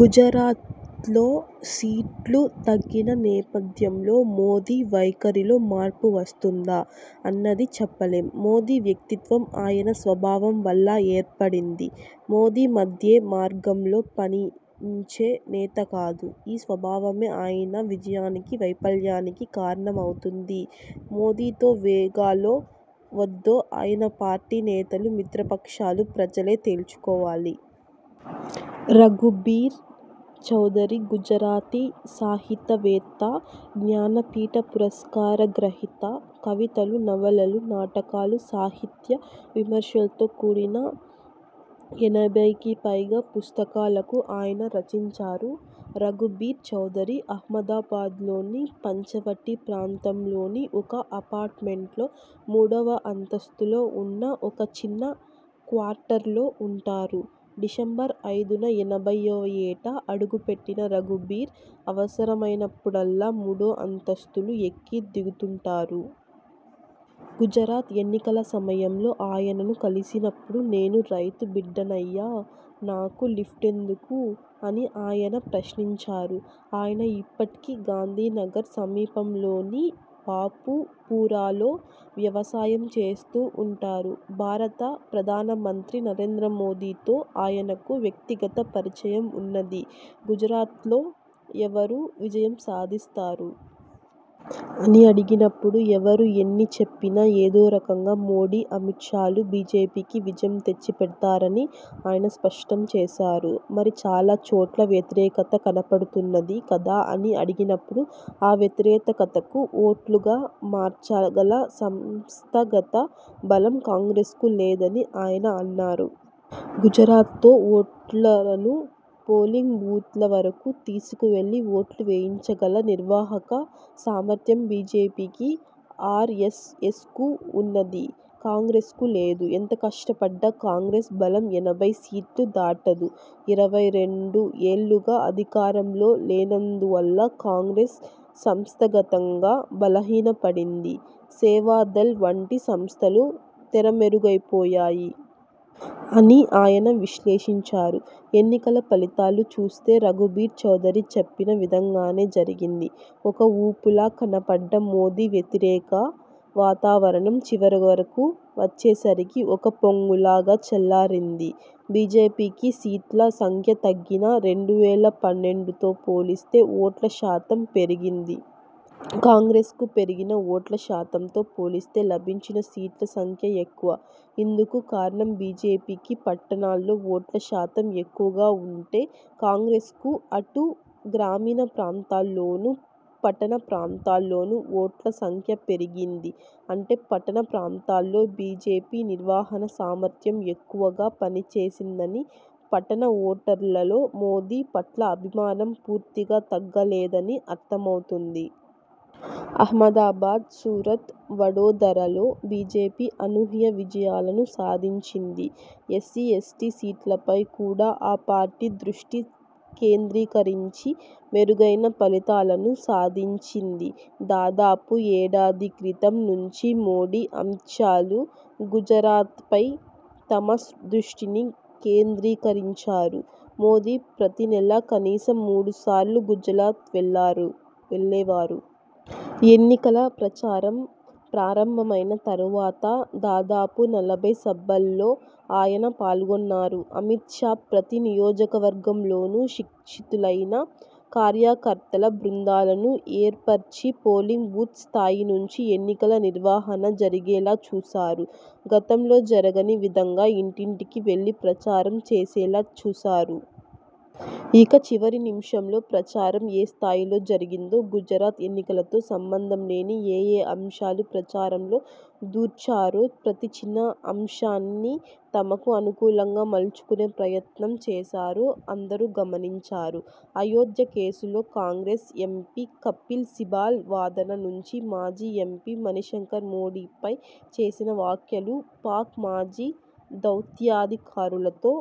గుజరాత్లో సీట్లు తగ్గిన నేపథ్యంలో మోదీ వైఖరిలో మార్పు వస్తుందా? అన్నది చెప్పలేం. మోదీ వ్యక్తిత్వం ఆయన స్వభావం వల్ల ఏర్పడింది. మోదీ మధ్యే మార్గంలో పయనించే నేత కాదు. ఈ స్వభావమే ఆయన విజయానికీ వైఫల్యానికీ కారణం అవుతుంది. మోదీతో వేగాలో వద్దో ఆయన పార్టీ నేతలు, మిత్రపక్షాలు, ప్రజలే తేల్చుకోవాలి. రఘుబీర్ చౌదరి గుజరాతీ సాహితవేత్త. జ్ఞానపీఠ పురస్కార గ్రహీత. కవితలు, నవలలు, నాటకాలు, సాహిత్య విమర్శలతో కూడిన ఎనభైకి పైగా పుస్తకాలకు ఆయన రచించారు. రఘుబీర్ చౌదరి అహ్మదాబాద్లోని పంచవటీ ప్రాంతంలోని ఒక అపార్ట్మెంట్లో మూడవ అంతస్తులో ఉన్న ఒక చిన్న క్వార్టర్లో ఉంటారు. డిసెంబర్ ఐదున ఎనభైవ ఏట అడుగుపెట్టిన రఘుబీర్ అవసరమైనప్పుడల్లా మూడంతస్తులు ఎక్కి దిగుతుంటారు. గుజరాత్ ఎన్నికల సమయంలో ఆయనను కలిసినప్పుడు నేను రైతు బిడ్డనయ్యా.. నాకు లిఫ్టెందుకు అని ఆయన ప్రశ్నించారు. ఆయన ఇప్పటికీ గాంధీ నగర్ సమీపంలోని బాపూపురాలో వ్యవసాయం చేస్తూ ఉంటారు. భారత ప్రధానమంత్రి నరేంద్రమోదీతో ఆయనకు వ్యక్తిగత పరిచయం ఉన్నది. గుజరాత్లో ఎవరు విజయం సాధిస్తారు.. అని అడిగినప్పుడు ఎవరు ఎన్ని చెప్పినా ఏదో రకంగా మోదీ, అమిత్ షాలు బీజేపీకి విజయం తెచ్చిపెడతారని ఆయన స్పష్టం చేశారు. మరి చాలా చోట్ల వ్యతిరేకత కనపడుతున్నది కదా అని అడిగినప్పుడు ఆ వ్యతిరేకకత కు ఓట్లుగా మార్చగల సంస్థాగత బలం కాంగ్రెస్కు లేదని ఆయన అన్నారు. గుజరాత్లో ఓటర్లను పోలింగ్ బూత్ల వరకు తీసుకువెళ్లి ఓట్లు వేయించగల నిర్వాహక సామర్థ్యం బీజేపీకి, ఆర్ఎస్ఎస్కు ఉన్నది. కాంగ్రెస్కు లేదు. ఎంత కష్టపడ్డా కాంగ్రెస్ బలం ఎనభై సీట్లు దాటదు. ఇరవై రెండు ఏళ్లుగా అధికారంలో లేనందువల్ల కాంగ్రెస్ సంస్థాగతంగా బలహీనపడింది. సేవాదళ్ వంటి సంస్థలు తెర మెరుగైపోయాయి.. అని ఆయన విశ్లేషించారు. ఎన్నికల ఫలితాలు చూస్తే రఘుబీర్ చౌదరి చెప్పిన విధంగానే జరిగింది. ఒక ఊపులా కనపడ్డ మోదీ వ్యతిరేక వాతావరణం చివర వరకు వచ్చే సరికి ఒక పొంగులా గా చల్లారింది. బీజేపీకి సీట్ల సంఖ్య తగ్గినా రెండు వేల పన్నెండుతో పోలిస్తే ఓట్ల శాతం పెరిగింది. కాంగ్రెస్కు పెరిగిన ఓట్ల శాతంతో పోలిస్తే లభించిన సీట్ల సంఖ్య ఎక్కువ. ఇందుకు కారణం బీజేపీకి పట్టణాల్లో ఓట్ల శాతం ఎక్కువగా ఉంటే కాంగ్రెస్కు అటు గ్రామీణ ప్రాంతాల్లోనూ, పట్టణ ప్రాంతాల్లోనూ ఓట్ల సంఖ్య పెరిగింది. అంటే పట్టణ ప్రాంతాల్లో బీజేపీ నిర్వహణా సామర్థ్యం ఎక్కువగా పనిచేసిందని, పట్టణ ఓటర్లలో మోదీ పట్ల అభిమానం పూర్తిగా తగ్గలేదని అర్థమవుతోంది. అహ్మదాబాద్, సూరత్, వడోదరాలో బీజేపీ అనూహ్య విజయాలను సాధించింది. ఎస్సీ, ఎస్టీ సీట్లపై కూడా ఆ పార్టీ దృష్టి కేంద్రీకరించి మెరుగైన ఫలితాలను సాధించింది. దాదాపు ఏడాది క్రితం నుంచీ మోదీ, అమిత్ షాలు గుజరాత్పై తమ దృష్టిని కేంద్రీకరించారు. మోదీ ప్రతి నెలా కనీసం మూడు సార్లు గుజరాత్ వెళ్లేవారు. ఎన్నికల ప్రచారం ప్రారంభమైన తర్వాత దాదాపు నలభై సభల్లో ఆయన పాల్గొన్నారు. అమిత్ షా ప్రతి నియోజకవర్గంలోనూ శిక్షితులైన కార్యకర్తల బృందాలను ఏర్పర్చి పోలింగ్ బూత్ స్థాయి నుంచి ఎన్నికల నిర్వహణ జరిగేలా చూశారు. గతంలో జరగని విధంగా ఇంటింటికి వెళ్లి ప్రచారం చేసేలా చూశారు. ఇక చివరి నిమిషంలో ప్రచారం ఏ స్థాయిలో జరిగిందో, గుజరాత్ ఎన్నికలతో సంబంధంలేని ఏఏ అంశాలు ప్రచారంలో దూర్చారో, ప్రతి చిన్న అంశాన్నీ తమకు అనుకూలంగా మలుచుకునే ప్రయత్నం చేశారో అందరూ గమనించారు. అయోధ్య కేసులో కాంగ్రెస్ ఎంపీ కపిల్ సిబాల్ వాదన నుంచి మాజీ ఎంపీ మణిశంకర్ మోదీపై చేసిన వ్యాఖ్యలు, పాక్ మాజీ దౌత్యాధికారులతో